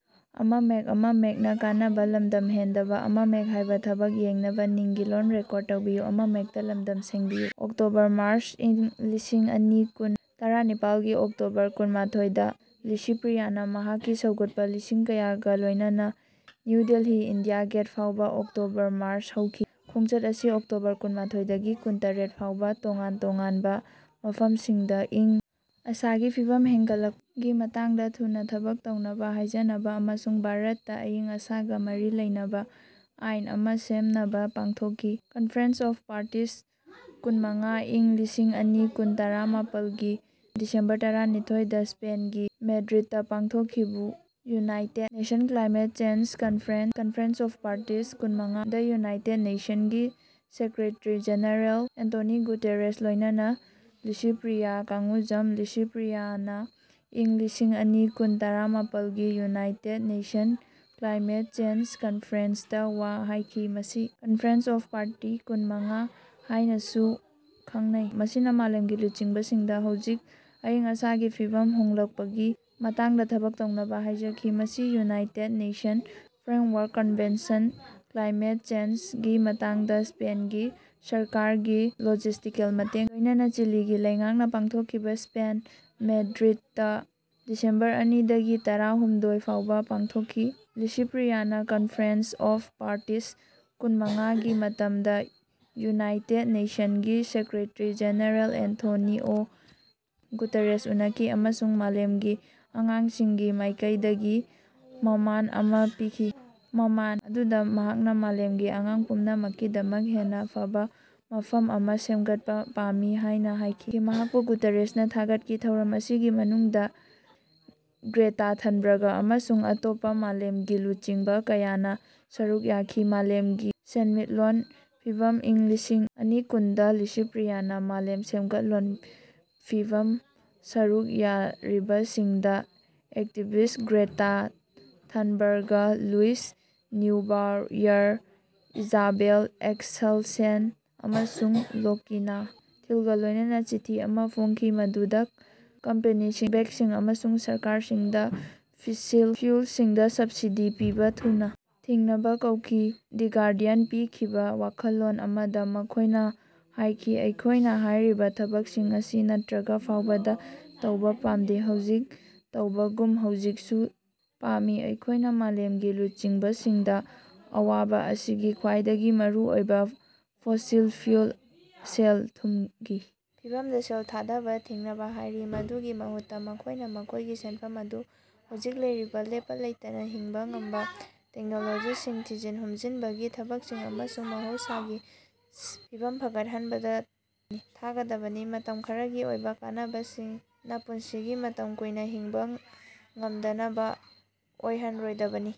October March ꯏꯪ ꯂꯤꯁꯤꯡ ꯑꯅꯤ ꯀꯨꯟ ꯇꯔꯥꯃꯥꯄꯜꯒꯤ ꯑꯣꯛꯇꯣꯕꯔ ꯀꯨꯟꯃꯊꯣꯏꯗ ꯂꯤꯁꯤꯄ꯭ꯔꯤꯌꯥꯅ ꯃꯍꯥꯛꯀꯤ ꯁꯧꯒꯠꯄ ꯂꯤꯁꯤꯡ ꯀꯌꯥꯒ ꯂꯣꯏꯅꯅ ꯅ꯭ꯌꯨ ꯗꯤꯜꯂꯤ ꯏꯟꯗꯤꯌꯥ ꯒꯦꯠ ꯐꯥꯎꯕ ꯑꯣꯛꯇꯣꯕꯔ ꯃꯥꯔꯆ ꯍꯧꯈꯤ꯫ ꯈꯣꯡꯆꯠ ꯑꯁꯤ ꯑꯣꯛꯇꯣꯕꯔ ꯀꯨꯟꯃꯊꯣꯏꯗꯒꯤ ꯀꯨꯟꯇꯔꯦꯠ ꯐꯥꯎꯕ ꯇꯣꯉꯥꯟ ꯇꯣꯉꯥꯟꯕ ꯃꯐꯝꯁꯤꯡꯗ ꯑꯏꯪ ꯑꯁꯥꯒꯤ ꯐꯤꯚꯝ ꯍꯣꯡꯂꯛꯄꯒꯤ ꯃꯇꯥꯡꯗ ꯊꯨꯅ ꯊꯕꯛ ꯇꯧꯅꯕ ꯍꯥꯏꯖꯅꯕ ꯑꯃꯁꯨꯡ ꯚꯥꯔꯠꯇ ꯑꯏꯪ ꯑꯁꯥꯒ ꯃꯔꯤ ꯂꯩꯅꯕ ꯑꯥꯏꯟ ꯑꯃ ꯁꯦꯝꯅꯕ ꯄꯥꯡꯊꯣꯛꯈꯤ꯫ ꯀꯟꯐꯦꯔꯦꯟꯁ ꯑꯣꯐ ꯄꯥꯔꯇꯤꯁ ꯀꯨꯟꯃꯉꯥ ꯏꯪ ꯂꯤꯁꯤꯡ ꯑꯅꯤ ꯀꯨꯟ ꯇꯔꯥꯃꯥꯄꯜꯒꯤ ꯗꯤꯁꯦꯝꯕꯔ ꯇꯔꯥꯅꯤꯊꯣꯏꯗ ꯁ꯭ꯄꯦꯟꯒꯤ ꯃꯦꯗ꯭ꯔꯤꯗꯇ ꯄꯥꯡꯊꯣꯛꯈꯤꯕ United Nations climate change conference (conference of parties ꯀꯨꯟꯃꯉꯥ) ꯗꯥ ꯌꯨꯅꯥꯏꯇꯦꯗ ꯅꯦꯁꯟ ꯒꯤ ꯁꯦꯀ꯭ꯔꯦꯇꯔꯤ ꯖꯦꯅꯔꯦꯜ ꯑꯦꯟꯇꯣꯅꯤꯑꯣ ꯒꯨꯇꯦꯔꯦꯁ ꯂꯣꯏꯅꯅ ꯂꯤꯁꯤꯄ꯭ꯔꯤꯌꯥ ꯀꯡꯒꯨꯖꯥꯝ ꯂꯤꯁꯤꯄ꯭ꯔꯤꯌꯥꯅ ꯏꯪ ꯂꯤꯁꯤꯡ ꯑꯅꯤ ꯀꯨꯟ ꯇꯔꯥꯃꯥꯄꯜꯒꯤ ꯌꯨꯅꯥꯏꯇꯦꯗ ꯅꯦꯁꯟꯒꯤ ꯀ꯭ꯂꯥꯏꯃꯦꯠ ꯆꯦꯟꯖ ꯀꯟꯐꯔꯦꯟꯁꯇꯥ ꯋꯥ ꯍꯥꯏꯈꯤ ꯃꯁꯤ ꯀꯟꯐꯦꯔꯦꯟꯁ ꯑꯣꯐ ꯄꯥꯔꯇꯤꯁ ꯀꯨꯟ ꯃꯉꯥ ꯍꯥꯏꯅꯁꯨ ꯈꯪꯅꯩ, ꯃꯁꯤꯅ ꯃꯥꯂꯦꯝꯒꯤ ꯂꯨꯆꯤꯡꯕꯁꯤꯡꯗ ꯍꯧꯖꯤꯛ ꯑꯏꯪ ꯑꯁꯥꯒꯤ ꯐꯤꯚꯝ ꯍꯣꯡꯂꯛꯄꯒꯤ ꯃꯇꯥꯡꯗ ꯊꯕꯛ ꯇꯧꯅꯕ ꯍꯥꯏꯖꯈꯤ꯫ ꯃꯁꯤ (United Nations framework convention on climate change) ꯒꯤ ꯃꯈꯥꯗ ꯁ꯭ꯄꯦꯟꯒꯤ ꯁꯔꯀꯥꯔꯒꯤ ꯂꯣꯖꯤꯁ꯭ꯇꯤꯀꯦꯜ ꯃꯇꯦꯡꯒ ꯂꯣꯏꯅꯅ ꯆꯤꯂꯤꯒꯤ ꯂꯩꯉꯥꯛꯅ ꯄꯥꯡꯊꯣꯛꯈꯤꯕ ꯁ꯭ꯄꯦꯟ ꯃꯦꯗ꯭ꯔꯤꯗꯇ ꯗꯤꯁꯦꯝꯕꯔ ꯑꯅꯤꯗꯒꯤ ꯇꯔꯥꯍꯨꯝꯗꯣꯏ ꯐꯥꯎꯕ ꯄꯥꯡꯊꯣꯛꯈꯤ꯫ ꯂꯤꯁꯤꯄ꯭ꯔꯤꯌꯥꯅ ꯀꯟꯐꯔꯦꯟꯁ ꯑꯣꯐ ꯄꯥꯔꯇꯤꯁ ꯀꯨꯟꯃꯉꯥ ꯒꯤ ꯃꯇꯝꯗ ꯌꯨꯅꯥꯏꯇꯦꯗ ꯅꯦꯁꯟꯁ ꯒꯤ ꯁꯦꯀ꯭ꯔꯦꯇꯔꯤ-ꯖꯦꯅꯔꯦꯜ ꯑꯦꯟꯇꯣꯅꯤꯑꯣ ꯒꯨꯇꯦꯔꯦꯁ ꯎꯅꯈꯤ ꯑꯃꯁꯨꯡ ꯃꯥꯂꯦꯝꯒꯤ ꯑꯉꯥꯡꯁꯤꯡꯒꯤ ꯃꯥꯏꯀꯩꯗꯒꯤ ꯃꯃꯥꯟ ꯑꯃ ꯄꯤꯈꯤ꯫ ꯃꯃꯥꯟ ꯑꯗꯨꯗ ꯃꯍꯥꯛꯅ ꯃꯥꯂꯦꯝꯒꯤ ꯑꯉꯥꯡ ꯄꯨꯝꯅꯃꯛꯀꯤꯗꯃꯛ ꯍꯦꯟꯅ ꯐꯕ ꯃꯐꯝ ꯑꯃ ꯁꯦꯝꯒꯠꯄ ꯄꯥꯝꯃꯤ ꯍꯥꯏꯅ ꯍꯥꯏꯈꯤ꯫ ꯃꯍꯥꯛꯄꯨ ꯒꯨꯇꯦꯔꯦꯁꯅ ꯊꯥꯒꯠꯈꯤ꯫ ꯊꯧꯔꯝ ꯑꯁꯤꯒꯤ ꯃꯅꯨꯡꯗ ꯒ꯭ꯔꯦꯇꯥ ꯊꯟꯕꯔ꯭ꯒ ꯑꯃꯁꯨꯡ ꯑꯇꯣꯞꯄ ꯃꯥꯂꯦꯝꯒꯤ ꯂꯨꯆꯤꯡꯕ ꯀꯌꯥꯅ ꯁꯔꯨꯛ ꯌꯥꯈꯤ꯫ ꯃꯥꯂꯦꯝꯒꯤ ꯁꯦꯟꯃꯤꯠꯂꯣꯟ ꯃꯤꯐꯝ ꯏꯪ ꯂꯤꯁꯤꯡ ꯑꯅꯤ ꯀꯨꯟ ꯗꯥ ꯂꯤꯁꯤꯄ꯭ꯔꯤꯌꯥꯅ ꯃꯥꯂꯦꯝ ꯁꯦꯟꯃꯤꯠꯂꯣꯟ ꯃꯤꯐꯝ ꯁꯔꯨꯛ ꯌꯥꯔꯤꯕꯁꯤꯡꯗ activists Greta Thunberg, Luisa Neubauer, Isabelle Axelsson, ꯑꯃꯁꯨꯡ ꯂꯣꯀꯤꯅꯥ ꯇꯤꯜꯒ ꯂꯣꯏꯅꯅꯥ ꯆꯤꯊꯤ ꯑꯃꯥ ꯐꯣꯡꯈꯤ, ꯃꯗꯨꯗ ꯀꯝꯄꯅꯤꯁꯤꯡ, ꯕꯦꯡꯛꯁꯤꯡ ꯑꯃꯁꯨꯡ ꯁꯔꯀꯥꯔꯁꯤꯡꯗ ꯐꯣꯁꯤꯜ ꯐ꯭ꯌꯨꯜꯁꯤꯡꯗ ꯁꯕꯁꯤꯗꯤ ꯄꯤꯕ ꯊꯨꯅ ꯊꯤꯡꯅꯕ ꯀꯧꯈꯤ꯫ ꯗꯤ ꯒꯥꯔꯗꯤꯌꯟ ꯄꯤꯈꯤꯕ ꯋꯥꯈꯜꯂꯣꯟ ꯑꯃꯗ ꯃꯈꯣꯏꯅ ꯍꯥꯏꯈꯤ ꯑꯩꯈꯣꯏꯅ ꯍꯥꯏꯔꯤꯕ ꯊꯕꯛꯁꯤꯡ ꯑꯁꯤ ꯅꯠꯇ꯭ꯔꯒ ꯐꯥꯎꯕꯗ ꯇꯧꯕ ꯄꯥꯝꯗꯦ ꯍꯧꯖꯤꯛ ꯇꯧꯕꯒꯨꯝꯅ ꯍꯧꯖꯤꯛꯁꯨ ꯇꯧꯕ ꯄꯥꯝꯃꯤ꯫ ꯑꯩꯈꯣꯏꯅ ꯃꯥꯂꯦꯝꯒꯤ ꯂꯨꯆꯤꯡꯕꯁꯤꯡꯗ ꯑꯋꯥꯕ ꯑꯁꯤꯒꯤ ꯈ꯭ꯋꯥꯏꯗꯒꯤ ꯃꯔꯨ ꯑꯣꯏꯕ ꯐꯣꯁꯤꯜ ꯐ꯭ꯌꯨꯜ ꯁꯦꯜ-ꯊꯨꯝꯒꯤ ꯐꯤꯕꯝꯗ ꯁꯦꯜ ꯊꯥꯗꯕ ꯊꯤꯡꯅꯕ ꯍꯥꯏꯔꯤ꯫ ꯃꯗꯨꯒꯤ ꯃꯍꯨꯠꯇ, ꯃꯈꯣꯏꯅ ꯃꯈꯣꯏꯒꯤ ꯁꯦꯟꯐꯝ ꯑꯗꯨ ꯍꯧꯖꯤꯛ ꯂꯩꯔꯤꯕ ꯂꯦꯞꯄ ꯂꯩꯇꯅ ꯍꯤꯡꯕ ꯉꯝꯕ ꯇꯦꯛꯅꯣꯂꯣꯖꯤꯁꯤꯡ, ꯊꯤꯖꯤꯟ-ꯍꯨꯝꯖꯤꯟꯕꯒꯤ ꯊꯕꯛꯁꯤꯡ ꯑꯃꯁꯨꯡ ꯃꯍꯧꯁꯥꯒꯤ ꯐꯤꯕꯝ ꯐꯒꯠꯍꯟꯕꯗ ꯊꯥꯗꯒꯗꯕꯅꯤ꯫ ꯃꯇꯝ ꯈꯔꯒꯤ ꯑꯣꯏꯕ ꯀꯥꯟꯅꯕꯁꯤꯅ ꯄꯨꯟꯁꯤꯒꯤ ꯃꯇꯝ ꯀꯨꯏꯅ ꯍꯤꯡꯕ ꯉꯝꯗꯅꯕ ꯑꯣꯏꯍꯟꯔꯣꯏꯗꯕꯅꯤ꯫